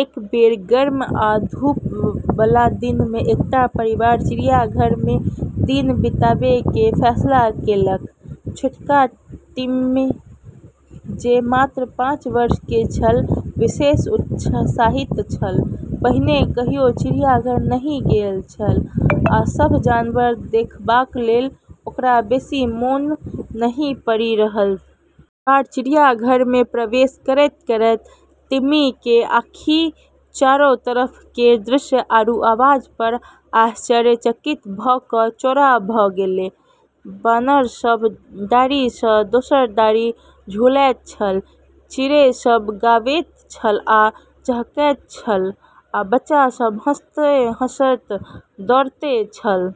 एक बेर गर्म आ धूप बला दिन मे एकटा परिवार चिड़ियाघर मे दिन बिताबै केर फैसला केलक। छोटका टिम्मी जे मात्र पाँच वर्ष केर छल, विशेष उत्साहित छल। पहिने कहियो चिड़ियाघर नहि गेल छल, आ सभ जानवर देखबाक लेल ओकरा बेसी मोन नहि पड़ि रहल छलैक। परिवार चिड़ियाघर मे प्रवेश करैत-करैत टिम्मी केर आँखि चारो तरफ केर दृश्य आरू आवाज पर आश्चर्यचकित भऽ कऽ चौड़ा भऽ गेलै। बानर सभ डारि सँ दोसर डारि झूलैत छल, चिड़ै सभ गाबैत छल आ चहकैत छल, आ बच्चा सभ हँसैत-हँसैत दौड़ैत छल।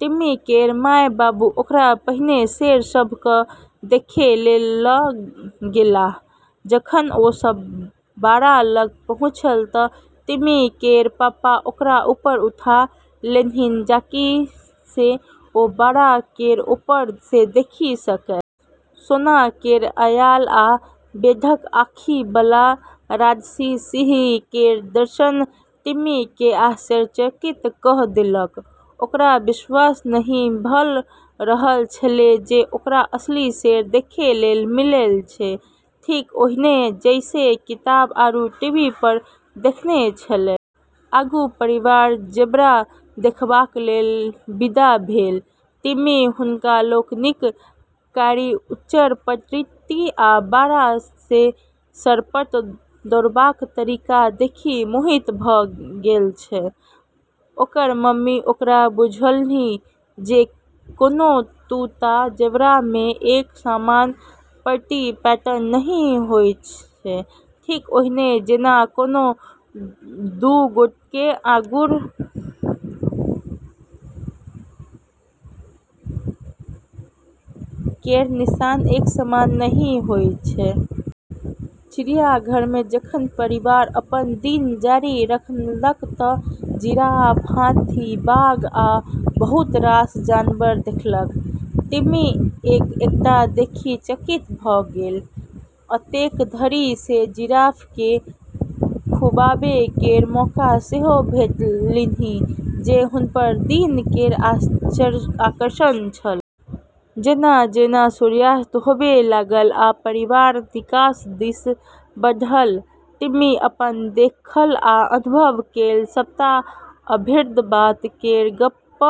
टिम्मी केर माय-बाबू ओकरा पहिने शेर सभ केँ देखै लेल लऽ गेलाह। जखन ओ सभ बाड़ा लग पहुँछल तँ टिम्मी केर पापा ओकरा ऊपर उठा लेलन्हि जाहि सँ ओ बाड़ा केर ऊपर सँ देखि सकए। सोना केर अयाल आ बेधक आँखि बला राजसी सिंह केर दर्शन टिम्मी केँ आश्चर्यचकित कऽ देलक। ओकरा विश्वास नहि भऽ रहल छेलै जे ओकरा असली शेर देखै लेल मिलै छै, ठीक ओहिने जइसे किताब आरू टीवी पर देखने छेलै। आगू परिवार ज़ेबरा देखबाक लेल विदा भेल। टिम्मी हुनका लोकनिक कारी-उज्जर पट्टी आ बाड़ा मे सरपट दौड़बाक तरीका देखि मोहित भऽ गेल छल। ओकर मम्मी ओकरा बुझौलन्हि जे कोनो दू टा ज़ेबरा मे एक समान पट्टी पैटर्न नहि होइत छैक, ठीक ओहिना जेना कोनो दू गोटेक आँगुर केर निशान एक समान नहि होइत छैक। चिड़ियाघर मे जखन परिवार अपन दिन जारी रखलक तँ जिराफ, हाथी, बाघ, आ बहुत रास जानवर देखलक। टिम्मी एक-एकटा देखि चकित भऽ गेल। एतेक धरि जे जिराफ केँ खुवाबै केर मौका सेहो भेटलन्हि जे हुनकर दिन केर आकर्षण छल। जेना-जेना सूर्यास्त होबै लागल आ परिवार निकास दिस बढ़ल, टिम्मी अपन देखल आ अनुभव केर सबटा अद्भुत बात केर गप्प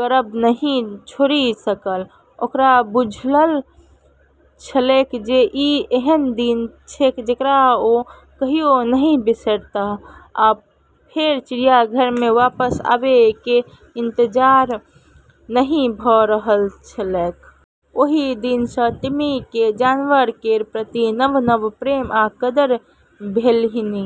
करब नहि छोड़ि सकल। ओकरा बुझल छलैक जे ई एहन दिन छैक जकरा ओ कहियो नहि बिसरताह, आ फेर चिड़ियाघर मे वापस आबै केर इंतजार नहि भऽ रहल छलैक। ओहि दिन सँ टिम्मी केँ जानवर केर प्रति नव-नव प्रेम आ कदर भेलन्हि।